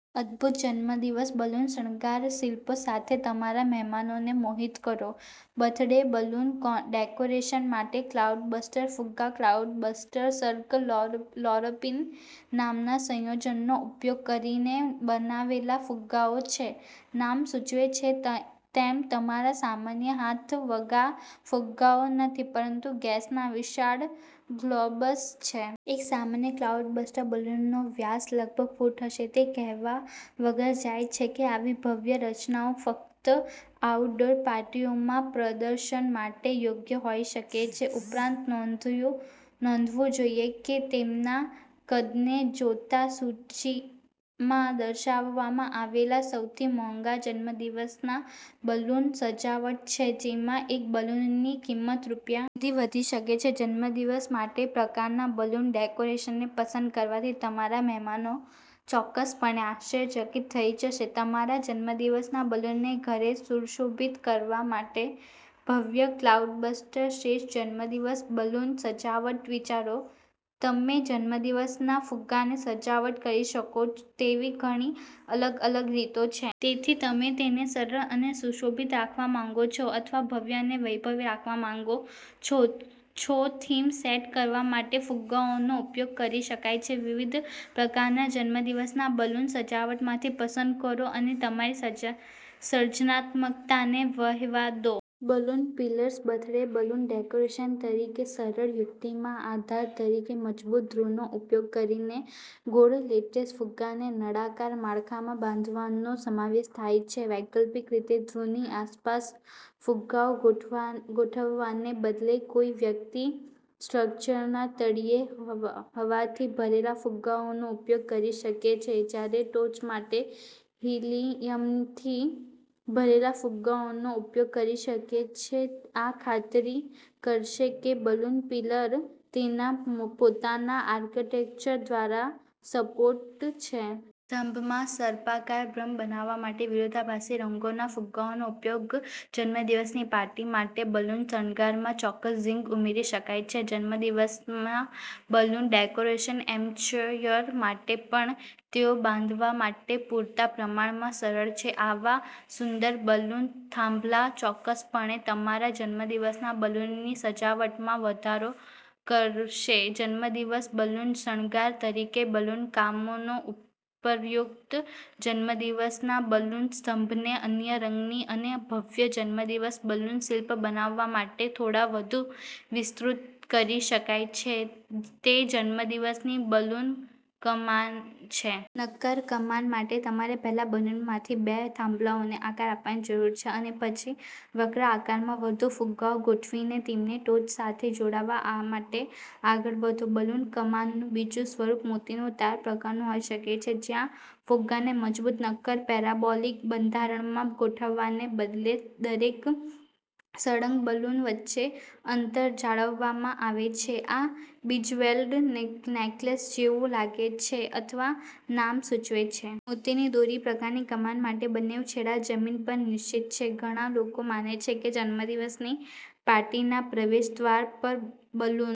અદ્ભુત જન્મદિવસ બલૂન શણગાર શિલ્પો સાથે તમારા મહેમાનોને મોહિત કરો. બર્થડે બલૂન ડેકોરેશન માટે ક્લાઉડબસ્ટર ફુગ્ગા ક્લાઉડબસ્ટર્સક્લોરોપ્રીન નામના સંયોજનનો ઉપયોગ કરીને બનાવેલા ફુગ્ગા છે. નામ સૂચવે છે તેમ, તમારા સામાન્ય હાથવગા ફુગ્ગાઓ નથી, પરંતુ ગેસના વિશાળ ગ્લોબ્સ છે. એક સામાન્ય ક્લાઉડબસ્ટર બલૂનનો વ્યાસ લગભગ ફૂટ હશે. તે કહેવા વગર જાય છે કે આવી ભવ્ય રચનાઓ ફક્ત આઉટડોર પાર્ટીઓમાં પ્રદર્શન માટે યોગ્ય હોઈ શકે છે. ઉપરાંત, નોંધવું જોઈએ કે તેમના કદને જોતાં, સૂચિમાં દર્શાવવામાં આવેલસૌથી મોંઘા જન્મદિવસના બલૂન સજાવટ છે, જેમાં એક બલૂનની કિંમત રૂ. સુધી વધી શકે છે. જન્મદિવસ માટેપ્રકારના બલૂન ડેકોરેશનને પસંદ કરવાથી તમારા મહેમાનો ચોક્કસપણે આશ્ચર્યચકિત થઈ જશે. તમારા જન્મદિવસના બલૂનને ઘરે સુશોભિત કરવા માટે ભવ્ય ક્લાઉડબસ્ટર્સ શ્રેષ્ઠ જન્મદિવસ બલૂન સજાવટ વિચારો તમે જન્મદિવસના ફુગ્ગાને સજાવટ કરી શકો તેવી ઘણી અલગ અલગ રીતો છે. તેથી તમે તેને સરળ અને સુશોભિત રાખવા માંગો છો, અથવા ભવ્ય અને વૈભવી રાખવા માંગો છોથીમ સેટ કરવા માટે ફુગ્ગાઓનો ઉપયોગ કરી શકાય છે. વિવિધ પ્રકારના જન્મદિવસના બલૂન સજાવટમાંથી પસંદ કરો અને તમારી સર્જનાત્મકતાને વહેવા દો. Balloon pillars birthday balloon decoration તરીકેસરળ યુક્તિમાં આધાર તરીકે મજબૂત ધ્રુવનો ઉપયોગ કરીને ગોળ લેટેક્સ ફુગ્ગાને નળાકાર માળખામાં બાંધવાનો સમાવેશ થાય છે. વૈકલ્પિક રીતે, ધ્રુવની આસપાસ ફુગ્ગાઓ ગોઠવવાને બદલે, કોઈ વ્યક્તિ સ્ટ્રક્ચરના તળિયે હવાથી ભરેલા ફુગ્ગાઓનો ઉપયોગ કરી શકે છે જ્યારે ટોચ માટે હિલિયમથી ભરેલા ફુગ્ગાઓનો ઉપયોગ કરી શકે છેઆ ખાતરી કરશે કે બલૂન પિલર તેના પોતાના આર્કિટેક્ચર દ્વારા સપોર્ટેડ છે. સ્તંભમાં સર્પાકાર ભ્રમ બનાવવા માટે વિરોધાભાસી રંગોના ફુગ્ગાઓનો ઉપયોગ જન્મદિવસની પાર્ટી માટે બલૂન શણગારમાં ચોક્કસ ઝિંગ ઉમેરી શકે છે. જન્મદિવસના બલૂન ડેકોરેશનમાં એમેચ્યોર માટે પણ તેઓ બાંધવા માટે પૂરતા પ્રમાણમાં સરળ છે. આવા સુંદર બલૂન થાંભલા ચોક્કસપણે તમારા જન્મદિવસના બલૂનની સજાવટમાં વધારો કરશેજન્મદિવસ બલૂન શણગાર તરીકે બલૂન કમાનો ઉપરોક્ત જન્મદિવસના બલૂન સ્તંભને અન્ય રંગીન અને ભવ્ય જન્મદિવસ બલૂન શિલ્પ બનાવવા માટે થોડો વધુ વિસ્તૃત કરી શકાય છે, તે જન્મદિવસની બલૂન કમાન છે. નક્કર કમાન માટે તમારે પહેલા બલૂનમાંથી બે થાંભલાઓને આકાર આપવાની જરૂર છે અને પછી વક્ર આકારમાં વધુ ફુગ્ગાઓ ગોઠવીને તેમની ટોચ સાથે જોડાવા માટે આગળ વધો. બલૂન કમાનનું બીજું સ્વરૂપ "મોતીનું તાર" પ્રકારનું હોઈ શકે છે જ્યાં ફુગ્ગાને મજબૂત, નક્કર પેરાબોલિક બંધારણમાં ગોઠવવાને બદલે, દરેક સળંગ બલૂન વચ્ચે અંતર જાળવવામાં આવે છે, આમ બિજ્વેલ્ડ નેકલેસ જેવું લાગે છે, અથવા નામ સૂચવે છે. મોતીની દોરી. પ્રકારની કમાન માટે, બંને છેડા જમીન પર નિશ્ચિત છે. ઘણા લોકો માને છે કે જન્મદિવસની પાર્ટીના પ્રવેશદ્વાર પર બલૂન